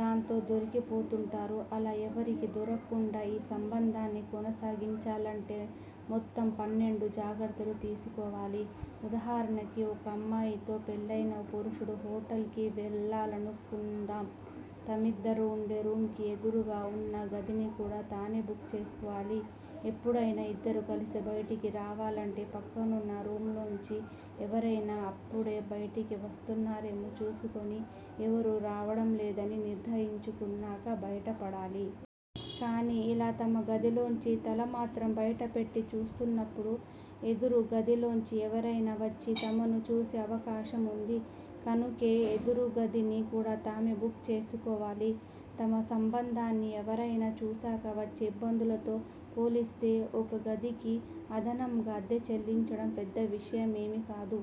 దాంతో దొరికిపోతుంటారు. అలా ఎవరికీ దొరక్కుండా ఈ సంబంధాన్ని కొనసాగించాలంటే మొత్తం పన్నెండు జాగ్రత్తలు తీసుకోవాలి. ఉదాహరణకి ఓ అమ్మాయితో పెళ్ళయిన ఓ పురుషుడు హోటల్ కే వెళ్ళాడనుకుందాం. తామిద్దరూ వుండే రూమ్ కి ఎదురుగా వున్న గదిని కూడా తనే బుక్ చేసుకోవాలి. ఎప్పుడయినా ఇద్దరూ కలిసి బయటికి రావాలంటే పక్కనున్న రూమ్ లోంచి ఎవరయినా అప్పుడే బయటికి వస్తున్నారేమో చూసుకుని ఎవరూ రావడం లేదని నిర్దారించుకున్నాక బయటపడాలి. కానీ ఇలా తమ గదిలోంచి తల మాత్రం బయటపెట్టి చూస్తున్నప్పుడు ఎదురుగదిలోంచి ఎవరయినా వచ్చి తమను చూసే అవకాశం వుంది. కనుకే ఎదురుగదిని కూడా తామే బుక్ చేసుకోవాలి. తమ సంబంధాన్ని ఎవరయినా చూశాక వచ్చే ఇబ్బందులతో పోలిస్తే ఓ గదికి అదనంగా అద్దె చెల్లించడం పెద్ద విషయమేమీ కాదు.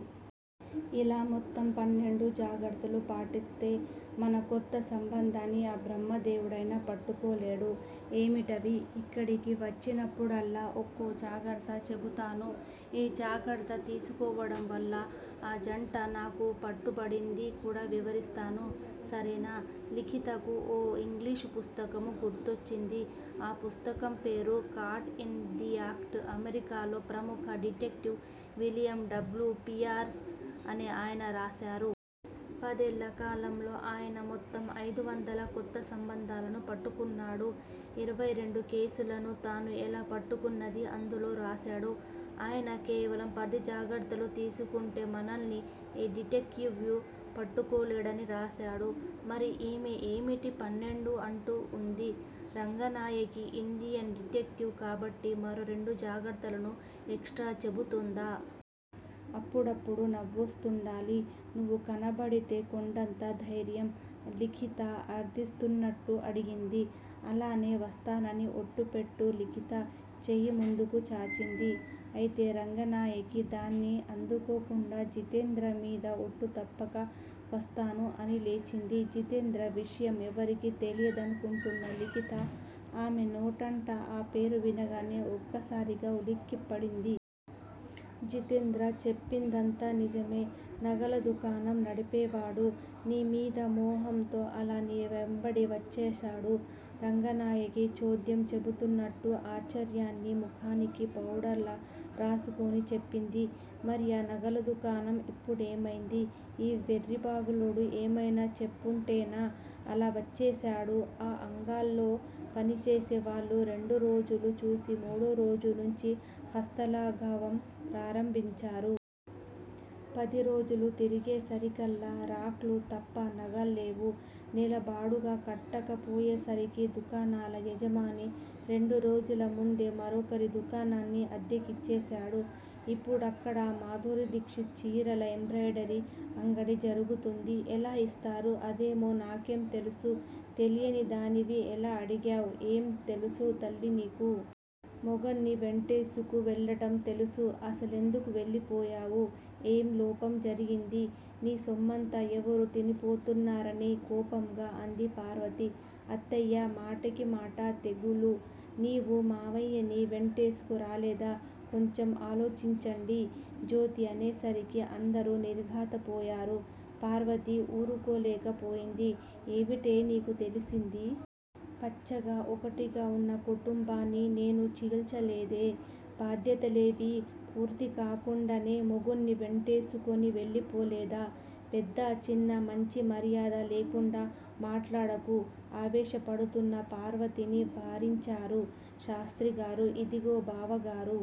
ఇలా మొత్తం పన్నెండు జాగ్రత్తలు పాటిస్తే మన కొత్త సంబంధాన్ని ఆ బ్రహ్మదేవుడైనా పట్టుకోలేడు. ఏమిటవి? ఇక్కడికి వచ్చినప్పుడల్లా ఒక్కో జాగ్రత్త చెబుతాను. ఏ జాగ్రత్త తీసుకోవడంవల్ల ఆ జంట నాకు పట్టుపడింది కూడా వివరిస్తాను. సరేనా? లిఖితకు ఓ ఇంగ్లీషు పుస్తకం గుర్తొచ్చింది. ఆ పుస్తకం పేరు 'కాట్ ఇన్ ది యాక్ట్' అమెరికాలో ప్రముఖ డిటెక్టివ్ విలియం డబ్ల్యు పియర్స్ అనే ఆయన రాశారు. పదేళ్ళ కాలంలో ఆయన మొత్తం ఐదువందల కొత్త సంబంధాలను పట్టుకున్నాడు. ఇరవై రెండు కేసులను తాను ఎలా పట్టుకున్నదీ అందులో రాశాడు. ఆయన కేవలం పది జాగ్రత్తలు తీసుకుంటే మనల్ని ఏ డిటెక్టివ్వూ పట్టుకోలేడని రాశాడు. మరి ఈమె ఏమిటి పన్నెండు అంటూ వుంది. రంగనాయకి ఇండియన్ డిటెక్టివ్ కాబట్టి మరో రెండు జాగ్రత్తలను ఎక్ స్ట్రాగా చెబుతోందా? అప్పుడప్పుడూ నువ్వొస్తుండాలి. నువ్వు కనబడితే కొండంత ధైర్యం లిఖిత అర్దిస్తున్నట్టు అడిగింది. అలానే వస్తానని ఒట్టు పెట్టు లిఖిత చేయి ముందుకు చాచింది. అయితే రంగనాయకి దాన్ని అందుకోకుండా జితేంద్రమీద ఒట్టు- తప్పక వస్తాను అని లేచింది. జితేంద్ర విషయం ఎవరికీ తెలియదనుకుంటున్న లిఖిత ఆమె నోటంట ఆ పేరు వినగానే ఒక్కసారిగా ఉలిక్కిపడింది. జితేంద్ర చెప్పిందంతా నిజమే నగల దుకాణం నడిపేవాడు. నీమీది మోహంతో అలా నీ వెంబడి వచ్చేశాడు రంగనాయకి చోద్యం చెబుతున్నట్టు ఆశ్చర్యాన్ని ముఖానికి పౌడర్ లా రాసుకుని చెప్పింది. మరి ఆ నగల దుకాణం ఇప్పుడేమైంది! ఈ వెర్రిబాగులోడు ఏమైనా చెప్పుంటేనా? అలా వచ్చేశాడు. ఆ అంగల్లో పనిచేసే వాళ్ళు రెండురోజులు చూసి మూడోరోజు నుంచి హస్తలాఘవం ప్రారంభించారు. పదిరోజులు తిరిగేసరికల్లా రాక్ లు తప్ప నగల్లేవు. నెల బాడుగ కట్టకపోయేసరికి దుకాణాల యజమాని రెండురోజుల ముందే మరొకరికి దుకాణాన్ని అద్దెకిచ్చేశాడు. ఇప్పుడక్కడ మాధురీదీక్షిత్ చీరల ఎంబ్రాయిడరీ అంగడి జరుగుతోంది। ఎలా యిస్తారు అదేమో నాకేం తెలుసు. తెలియనిదానివి ఎలా అడిగావ్? ఏం తెలుసు తల్లి నీకు? మొగుణ్ని వెంటేసుకు వెళ్ళటం తెలుసు? అసలెందుకు వెళ్ళిపోయావు. ఏం లోపం జరిగింది? నీ సొమ్మంతా ఎవరు తినిపోతున్నారని? కోపంగా అంది పార్వతి. అత్తయ్యా! మాటకి మాట తెగులు! నీవూ మావయ్యని వెంటేసుకురాలేదా? కొంచెం ఆలోచించండి. జ్యోతి అనేసరికి అందరూ నిర్ఘాంతపోయారు. పార్వతి వూరుకోలేక పోయింది. ఏవిటే నీకు తెలిసింది. పచ్చగా ఒకటిగా వున్న కుటుంబాన్ని నేను చీల్చలేదే? బాధ్యతలేవీ పూర్తి కాకుండానే మొగుణ్ని వెంటేసుకుని వెళ్ళిపోలేద? పెద్దా చిన్నా, మంచీ మర్యాదా లేకుండా మాట్లాడకు ఆవేశపడుతున్న పార్వతిని వారించారు శాస్త్రిగారు. ఇదిగో బావగారూ!